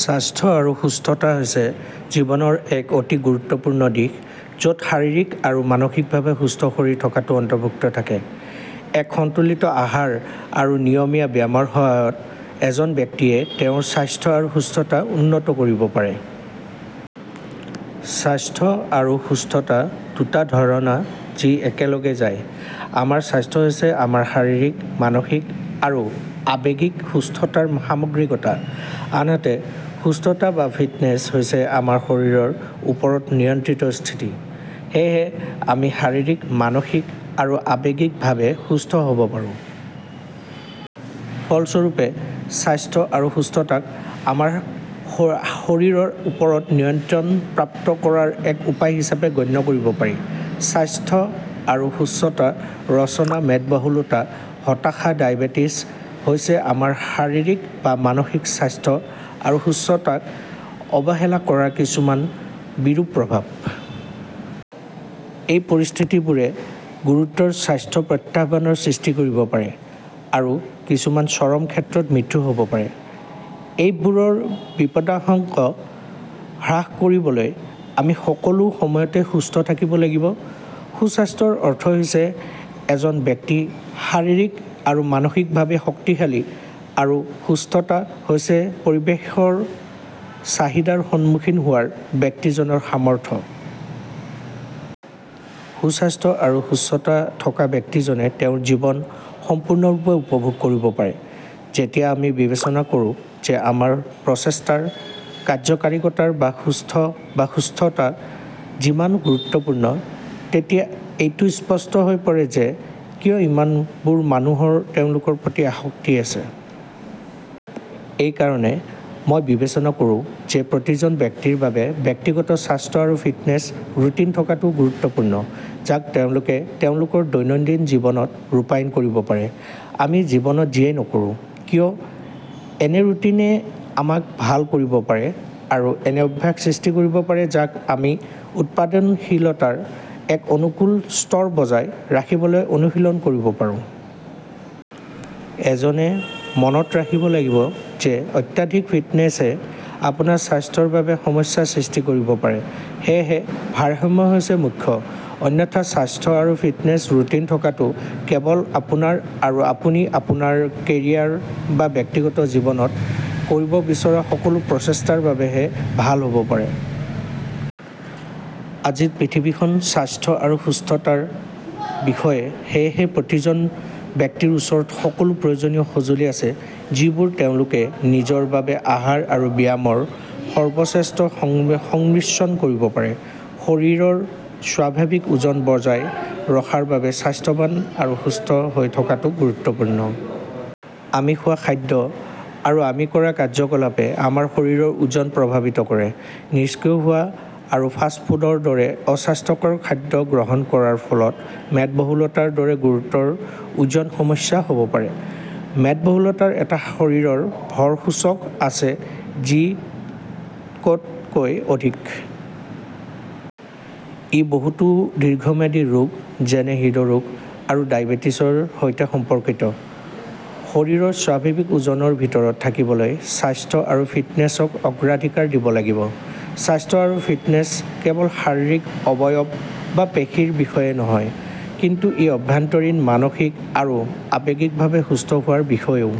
স্বাস্থ্য আৰু সুস্থতা হৈছে জীৱনৰ এক অতি গুৰুত্বপূৰ্ণ দিশ য'ত শাৰীৰিক আৰু মানসিকভাৱে সুস্থ শৰীৰ থকাটো অন্তৰ্ভুক্ত থাকে। এক সন্তুলিত আহাৰ আৰু নিয়মীয়া ব্যায়ামৰ সহায়ত এজন ব্যক্তিয়ে তেওঁৰ স্বাস্থ্য আৰু সুস্থতা উন্নত কৰিব পাৰে। স্বাস্থ্য আৰু সুস্থতা দুটা ধাৰণা যি একেলগে যায়। আমাৰ স্বাস্থ্য হৈছে আমাৰ শাৰীৰিক, মানসিক আৰু আৱেগিক সুস্থতাৰ সামগ্ৰিকতা। আনহাতে, সুস্থতা বা ফিটনেছ হৈছে আমাৰ শৰীৰৰ ওপৰত নিয়ন্ত্ৰণৰ স্থিতি। সেয়েহে, আমি শাৰীৰিক, মানসিক আৰু আৱেগিকভাৱে সুস্থ হ'ব পাৰোঁ। ফলস্বৰূপে, স্বাস্থ্য আৰু সুস্থতাক আমাৰ শৰীৰৰ ওপৰত নিয়ন্ত্ৰণ প্ৰাপ্ত কৰাৰ এক উপায় হিচাপে গণ্য কৰিব পাৰি। স্বাস্থ্য আৰু সুস্থতা ৰচনা মেদবহুলতা, হতাশা, ডায়েবেটিচ হৈছে আমাৰ শাৰীৰিক বা মানসিক স্বাস্থ্য আৰু সুস্থতাক অৱহেলা কৰাৰ কিছুমান বিৰূপ প্ৰভাৱ। এই পৰিস্থিতিবোৰে গুৰুতৰ স্বাস্থ্য প্ৰত্যাহ্বানৰ সৃষ্টি কৰিব পাৰে আৰু কিছুমান চৰম ক্ষেত্ৰত মৃত্যু হ'ব পাৰে। এইবোৰৰ বিপদাশংকা হ্ৰাস কৰিবলৈ আমি সকলো সময়তে সুস্থ থাকিব লাগিব। সুস্বাস্থ্যৰ অৰ্থ হৈছে এজন ব্যক্তি শাৰীৰিক আৰু মানসিকভাৱে শক্তিশালী আৰু সুস্থতা হৈছে পৰিৱেশৰ চাহিদাৰ সন্মুখীন হোৱাৰ ব্যক্তিজনৰ সামৰ্থ্য। সুস্বাস্থ্য আৰু সুস্থতা থকা ব্যক্তিজনে তেওঁৰ জীৱন সম্পূৰ্ণৰূপে উপভোগ কৰিব পাৰে। যেতিয়া আমি বিবেচনা কৰোঁ যে আমাৰ প্ৰচেষ্টাৰ কাৰ্যকৰীতাৰ বাবে স্বাস্থ্য আৰু সুস্থতা কিমান গুৰুত্বপূৰ্ণ, তেতিয়া এইটো স্পষ্ট হৈ পৰে যে কিয় ইমান বোৰ মানুহৰ তেওঁলোকৰ প্ৰতি আসক্তি আছে। এইকাৰণে মই বিবেচনা কৰোঁ যে প্ৰতিজন ব্যক্তিৰ বাবে ব্যক্তিগত স্বাস্থ্য আৰু ফিটনেছ ৰুটিন থকাটো গুৰুত্বপূৰ্ণ যাক তেওঁলোকে তেওঁলোকৰ দৈনন্দিন জীৱনত ৰূপায়ণ কৰিব পাৰে। আমি জীৱনত যিয়েই নকৰোঁ কিয় এনে ৰুটিনে আমাক ভাল কৰিব পাৰে আৰু এনে অভ্যাস সৃষ্টি কৰিব পাৰে যাক আমি উৎপাদনশীলতাৰ এক অনুকূল স্তৰ বজাই ৰাখিবলৈ অনুশীলন কৰিব পাৰোঁ। এজনে মনত ৰাখিব লাগিব যে অত্যাধিক ফিটনেছে আপোনাৰ স্বাস্থ্যৰ বাবে সমস্যা সৃষ্টি কৰিব পাৰে, সেয়েহে ভাৰসাম্য হৈছে মুখ্য। অন্যথা স্বাস্থ্য আৰু ফিটনেছ ৰুটিন থকাটো কেৱল আপোনাৰ আৰু আপুনি আপোনাৰ কেৰিয়াৰ বা ব্যক্তিগত জীৱনত কৰিব বিচৰা সকলো প্ৰচেষ্টাৰ বাবে হে ভাল হ'ব পাৰে। আজিৰ পৃথিৱীখন স্বাস্থ্য আৰু সুস্থতাৰ বিষয়ে সেয়েহে প্ৰতিজন ব্যক্তিৰ ওচৰত সকলো প্ৰয়োজনীয় সঁজুলি আছে যিবোৰ তেওঁলোকে নিজৰ বাবে আহাৰ আৰু ব্যায়ামৰ সৰ্বশ্ৰেষ্ঠ সংমিশ্ৰণ কৰিব পাৰে। শৰীৰৰ স্বাভাৱিক ওজন বজাই ৰখাৰ বাবে স্বাস্থ্যৱান আৰু সুস্থ হৈ থকাটোও গুৰুত্বপূৰ্ণ। আমি খোৱা খাদ্য আৰু আমি কৰা কাৰ্যকলাপে আমাৰ শৰীৰৰ ওজন প্ৰভাৱিত কৰে। নিষ্ক্ৰিয় হোৱা আৰু ফাষ্ট ফুডৰ দৰে অস্বাস্থ্যকৰ খাদ্য গ্ৰহণ কৰাৰ ফলত মেদবহুলতাৰ দৰে গুৰুতৰ ওজনৰ সমস্যা হ'ব পাৰে। মেদবহুলতাৰ এটা শৰীৰৰ ভৰ সূচক আছে যি তকৈ অধিক। ই বহুতো দীৰ্ঘম্যাদী ৰোগ যেনে হৃদৰোগ আৰু ডায়েবেটিচৰ সৈতে সম্পৰ্কিত। শৰীৰৰ স্বাভাৱিক ওজনৰ ভিতৰত থাকিবলৈ, স্বাস্থ্য আৰু ফিটনেছক অগ্ৰাধিকাৰ দিব লাগিব। স্বাস্থ্য আৰু ফিটনেছ কেৱল শাৰীৰিক অবয়ব বা পেশীৰ বিষয়ে নহয়, কিন্তু ই আভ্যন্তৰীণ, মানসিক আৰু আৱেগিকভাৱে সুস্থ হোৱাৰ বিষয়েও